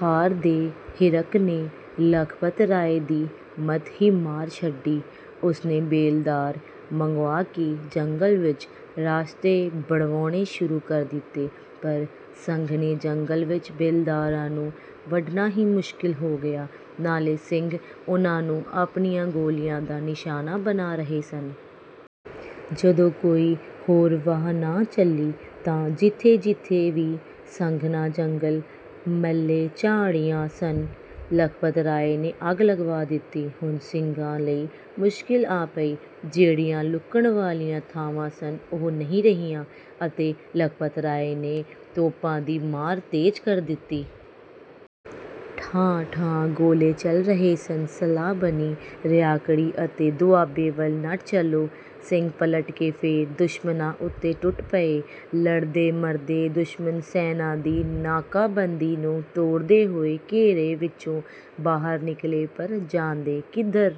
ਹਾਰ ਦੇ ਹਿਰਖ ਨੇ ਲਖਪਤ ਰਾਏ ਦੀ ਮੱਤ ਹੀ ਮਾਰ ਛੱਡੀ। ਉਸਨੇ ਬੇਲਦਾਰ ਮੰਗਵਾ ਕੇ ਜੰਗਲ ਵਿੱਚ ਰਾਸਤੇ ਬਣਵਾਉਣੇ ਸ਼ੁਰੂ ਕਰ ਦਿੱਤੇ ਪਰ ਸੰਘਣੇ ਜੰਗਲ ਵਿੱਚ ਬੇਲਦਾਰਾਂ ਨੂੰ ਵਡਨਾ ਹੀ ਮੁਸ਼ਕਲ ਹੋ ਗਿਆ, ਨਾਲੇ ਸਿੰਘ ਉਹਨਾਂ ਨੂੰ ਆਪਣੀਆਂ ਗੋਲੀਆਂ ਦਾ ਨਿਸ਼ਾਨਾ ਬਣਾ ਰਹੇ ਸਨ। ਜਦੋਂ ਕੋਈ ਹੋਰ ਵਾਹ ਨਾ ਚੱਲੀ ਤਾਂ ਜਿੱਥੇ-ਜਿੱਥੇ ਵੀ ਸੰਘਣਾ ਜੰਗਲ, ਮਲ੍ਹੇ-ਝਾੜੀਆਂ ਸਨ, ਲਖਪਤ ਰਾਏ ਨੇ ਅੱਗ ਲਗਵਾ ਦਿੱਤੀ। ਹੁਣ ਸਿੰਘਾਂ ਲਈ ਮੁਸ਼ਕਲ ਆ ਪਈ। ਜਿਹੜੀਆਂ ਲੁਕਣ ਵਾਲੀਆਂ ਥਾਵਾਂ ਸਨ ਉਹ ਨਹੀਂ ਰਹੀਆਂ ਅਤੇ ਲਖਪਤ ਰਾਏ ਨੇ ਤੋਪਾਂ ਦੀ ਮਾਰ ਤੇਜ਼ ਕਰ ਦਿੱਤੀ। ਠਾਹ-ਠਾਹ ਗੋਲੇ ਚੱਲ ਰਹੇ ਸਨ। ਸਲਾਹ ਬਣੀ, "ਰਿਆੜਕੀ ਅਤੇ ਦੁਆਬੇ ਵੱਲ ਨੱਠ ਚੱਲੋ।" ਸਿੰਘ ਪਲਟ ਕੇ ਫੇਰ ਦੁਸ਼ਮਣਾਂ ਉੱਤੇ ਟੁੱਟ ਪਏ। ਲੜਦੇ-ਮਰਦੇ ਦੁਸ਼ਮਣ ਸੈਨਾਂ ਦੀ ਨਾਕਾਬੰਦੀ ਨੂੰ ਤੋੜਦੇ ਹੋਏ ਘੇਰੇ ਵਿੱਚੋਂ ਬਾਹਰ ਨਿਕਲੇ ਪਰ ਜਾਂਦੇ ਕਿੱਧਰ?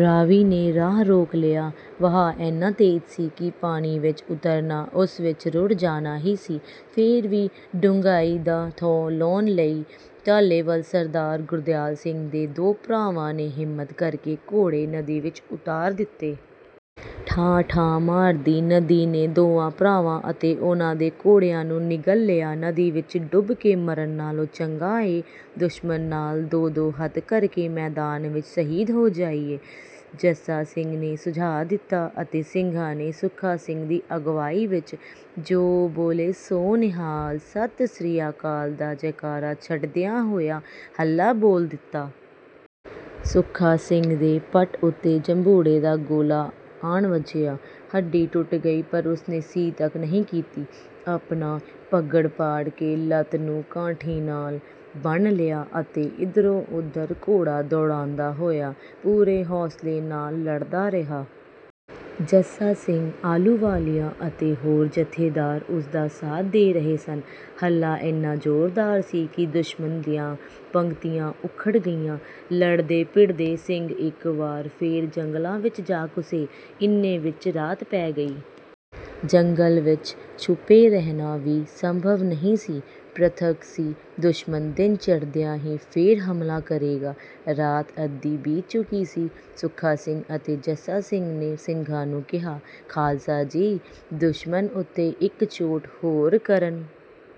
ਰਾਵੀ ਨੇ ਰਾਹ ਰੋਕ ਲਿਆ। ਵਹਾਅ ਇੰਨਾ ਤੇਜ਼ ਸੀ ਕਿ ਪਾਣੀ ਵਿੱਚ ਉਤਰਨਾ, ਉਸ ਵਿੱਚ ਰੁੜ੍ਹ ਜਾਣਾ ਹੀ ਸੀ। ਫੇਰ ਵੀ ਡੂੰਘਾਈ ਦਾ ਥੋਹ ਲਾਉਣ ਲਈ ਡੱਲੇਵਾਲੇ ਸਰਦਾਰ ਗੁਰਦਿਆਲ ਸਿੰਘ ਦੇ ਦੋ ਭਰਾਵਾਂ ਨੇ ਹਿੰਮਤ ਕਰਕੇ ਘੋੜੇ ਨਦੀ ਵਿੱਚ ਉਤਾਰ ਦਿੱਤੇ। ਠਾਠਾਂ ਮਾਰਦੀ ਨਦੀ ਨੇ ਦੋਵਾਂ ਭਰਾਵਾਂ ਅਤੇ ਉਹਨਾਂ ਦੇ ਘੋੜਿਆਂ ਨੂੰ ਨਿਗਲ ਲਿਆ। "ਨਦੀ ਵਿੱਚ ਡੁੱਬ ਕੇ ਮਰਨ ਨਾਲੋਂ ਚੰਗਾ ਏ, ਦੁਸ਼ਮਣ ਨਾਲ ਦੋ-ਦੋ ਹੱਥ ਕਰਕੇ ਮੈਦਾਨ ਵਿੱਚ ਸ਼ਹੀਦ ਹੋ ਜਾਈਏ।" ਜੱਸਾ ਸਿੰਘ ਨੇ ਸੁਝਾਅ ਦਿੱਤਾ ਅਤੇ ਸਿੰਘਾਂ ਨੇ ਸੁੱਖਾ ਸਿੰਘ ਦੀ ਅਗਵਾਈ ਵਿੱਚ, 'ਜੋ ਬੋਲੇ ਸੋ ਨਿਹਾਲ, ਸਤਿ ਸ੍ਰੀ ਅਕਾਲ' ਦਾ ਜੈਕਾਰਾ ਛੱਡਦਿਆਂ ਹੋਇਆਂ ਹੱਲਾ ਬੋਲ ਦਿੱਤਾ। ਸੁੱਖਾ ਸਿੰਘ ਦੇ ਪੱਟ ਉੱਤੇ ਜੰਬੂੜੇ ਦਾ ਗੋਲਾ ਆਣ ਵੱਜਿਆ। ਹੱਡੀ ਟੁੱਟ ਗਈ, ਪਰ ਉਸਨੇ 'ਸੀ' ਤੱਕ ਨਹੀਂ ਕੀਤੀ। ਆਪਣਾ ਪੱਗੜ ਪਾੜ ਕੇ ਲੱਤ ਨੂੰ ਕਾਠੀ ਨਾਲ ਬੰਨ੍ਹ ਲਿਆ ਅਤੇ ਇਧਰੋਂ-ਉਧਰ ਘੋੜਾ ਦੌੜਾਉਂਦਾ ਹੋਇਆ ਪੂਰੇ ਹੌਂਸਲੇ ਨਾਲ ਲੜਦਾ ਰਿਹਾ। ਜੱਸਾ ਸਿੰਘ ਆਹਲੂਵਾਲੀਆ ਅਤੇ ਹੋਰ ਜੱਥੇਦਾਰ ਉਸਦਾ ਸਾਥ ਦੇ ਰਹੇ ਸਨ। ਹੱਲਾ ਇੰਨਾ ਜ਼ੋਰਦਾਰ ਸੀ ਕਿ ਦੁਸ਼ਮਣ ਦੀਆਂ ਪੰਗਤੀਆਂ ਉਖੜ ਗਈਆਂ। ਲੜਦੇ-ਭਿੜਦੇ ਸਿੰਘ ਇੱਕ ਵਾਰੀ ਫੇਰ ਜੰਗਲਾਂ ਵਿੱਚ ਜਾ ਘੁਸੇ। ਇੰਨੇ ਵਿੱਚ ਰਾਤ ਪੈ ਗਈ। ਜੰਗਲ ਵਿੱਚ ਛੁਪੇ ਰਹਿਣਾ ਵੀ ਸੰਭਵ ਨਹੀਂ ਸੀ। ਪਰਤੱਖ ਸੀ ਦੁਸ਼ਮਣ ਦਿਨ ਚੜ੍ਹਦਿਆਂ ਹੀ ਫੇਰ ਹਮਲਾ ਕਰੇਗਾ। ਰਾਤ ਅੱਧੀ ਬੀਤ ਚੁੱਕੀ ਸੀ। ਸੁੱਖਾ ਸਿੰਘ ਅਤੇ ਜੱਸਾ ਸਿੰਘ ਨੇ ਸਿੰਘਾਂ ਨੂੰ ਕਿਹਾ, "ਖਾਲਸਾ ਜੀ, ਦੁਸ਼ਮਣ ਉੱਤੇ ਇੱਕ ਚੋਟ ਹੋਰ ਕਰਨ